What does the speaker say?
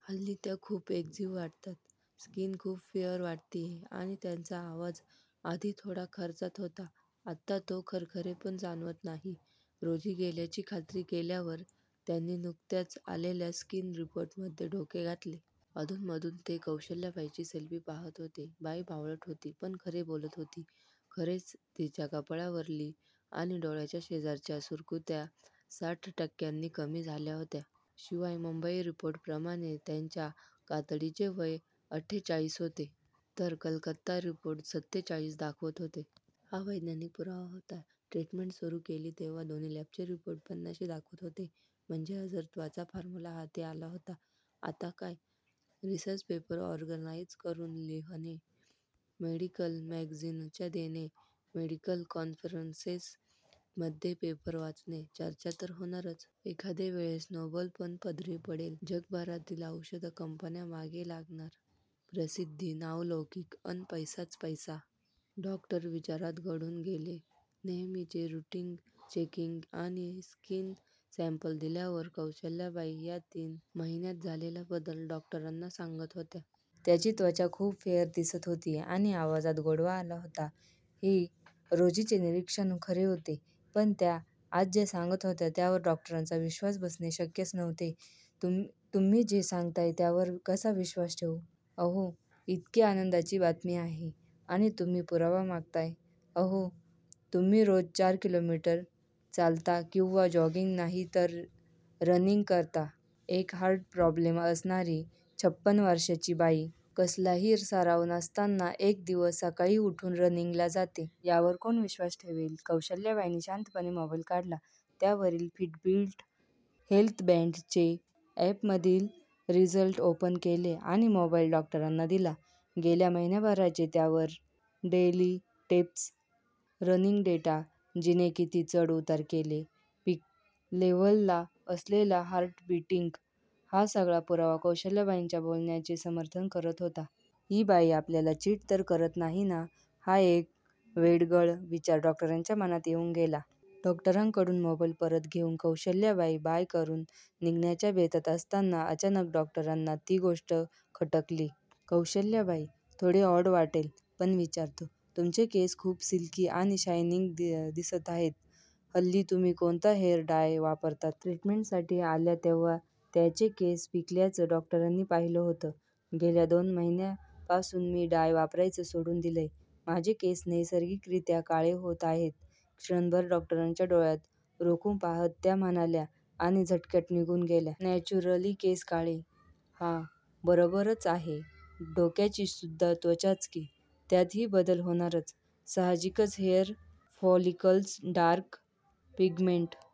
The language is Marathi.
त्या हल्ली खूप ऍक्टिव्ह वाटतात. स्किन खूप फेयर वाटतीय आणि त्यांचा आवाज आधी थोडा खर्जात होता. आत्ता तो खरखरे पण जाणवत नाही! रोजी गेल्याची खात्री केल्यावर, त्यांनी नुकत्याच आलेल्या स्किन रिपोर्टमध्ये डोके घातले. अधून मधून ते कौसल्याबाईंची सेल्फी पहात होते. बाई बावळट होती. पण खरे बोलत होती! खरेच तिच्या कपाळावरली आणि डोळ्याच्या शेजारच्या सुरुकुत्या साठ टक्क्यांनी कमी झाल्या होत्या! शिवाय मुंबई रिपोर्ट प्रमाणे त्यांच्या कातडीचे वय अठ्ठेचाळी होते, तर कलकत्ता रिपोर्ट सत्तेचाळीस दाखवत होते! हा वैज्ञानिक पुरावा होता! ट्रीटमेंट सुरु केली तेव्हा दोन्ही लॅबचे रोपोर्ट पन्नाशी दाखवत होते! म्हणजे 'अजरत्वचा फार्मुला' हाती आला होता! आता काय? रिसर्च पेपर ऑर्गनाईझ करून लिहणे, मेडिकल मॅगझिनच्या देणे, मेडिकल कॉन्फरन्सेस मध्ये पेपर वाचणे, चर्चा तर होणारच. एखादे वेळेस नोबल पण पदरी पडेल! जगभरातील औषध कंपन्या मागे लागणार, प्रसिद्धी, नावलौकिक, अन पैसाच पैसा!!! डॉक्टर विचारात गढून गेले. नेहमीचे रुटीन चेकिंग आणि स्किन सॅम्पल दिल्यावर कौसल्याबाई या तीन महिन्यात झालेला बदल डॉक्टरांना सांगत होत्या. त्याची त्वचा खूप फेयर दिसत होती आणि आवाजात गोडवा आला होता, हे रोजीचे निरीक्षण खरे होते. पण त्या, आज जे सांगत होत्या त्यावर डॉक्टरांचा विश्वास बसणे शक्यच नव्हते. "तुम्ही जे सांगताय त्यावर कसा विश्वास ठेवू? " "अहो, इतकी आनंदाची बातमी आहे, आणि तुम्ही पुरावा मागताय? " "अहो, तुम्ही रोज चार किलोमीटर, चालता किंवा जॉगिंग नाही तर रनिंग करता! एक हार्ट प्रॉब्लेम असणारी, छप्पन वर्षाची बाई, कसलाही सराव नसताना एक दिवस सकाळी उठून रनींगला जाते! यावर कोण विश्वास ठेवेल? " कौशल्याबाईंनी शांतपणे मोबाईल काढला. त्यावरील फिटबीट हेल्थबॅन्डचे ऍपमधील रिझल्ट ओपन केले आणि मोबाईल डॉक्टरांना दिला. गेला महिनाभराचे त्यावर, डेली स्टेप्स, रनिंग डेटा, जिने किती चढ उतार केले, पीकलेव्हलला असलेला हार्ट बिटिंग, हा सगळा पुरावा कौसल्याबाईंच्या बोलण्याचे समर्थन करत होता! हि बाई आपल्याला चिट तर करत नाही ना? हा एक वेडगळ विचार डॉक्टरांच्या मनात येऊन गेला. डॉक्टरांकडून मोबाईल परत घेवून कौसल्याबाई 'बाय' करून निघण्याच्या बेतात असताना, अचानक डॉक्टरांना ती गोष्ट खटकली. "कौशल्याबाई, थोडे ऑड वाटेल, पण विचारतो, तुमचे केस खूप सिल्की आणि शायनिंग दिसताहेत, हल्ली तुम्ही कोणता हेयर डाय वापरता? " ट्रीटमेंट साठी आल्या तेव्हा, त्याचे केस पिकल्याच डॉक्टररानी पाहिलं होत. " गेल्या दोन महिन्या पासून मी डाय वापरायचं सोडून दिलंय! माझे केस नैसर्गिक रित्या काळे होत आहेत! " क्षणभर डॉक्टरांच्या डोळ्यात रोखून पहात त्या म्हणाल्या आणि झटक्यात निघून गेल्या! न्याचुरली केस काळे? हा, बरोबरच आहे! डोक्याची सुद्धा त्वचाच कि, त्यात हि बदल होणारच. सहाजिकच हेयर फॉलिकल्स डार्क पिगमेंट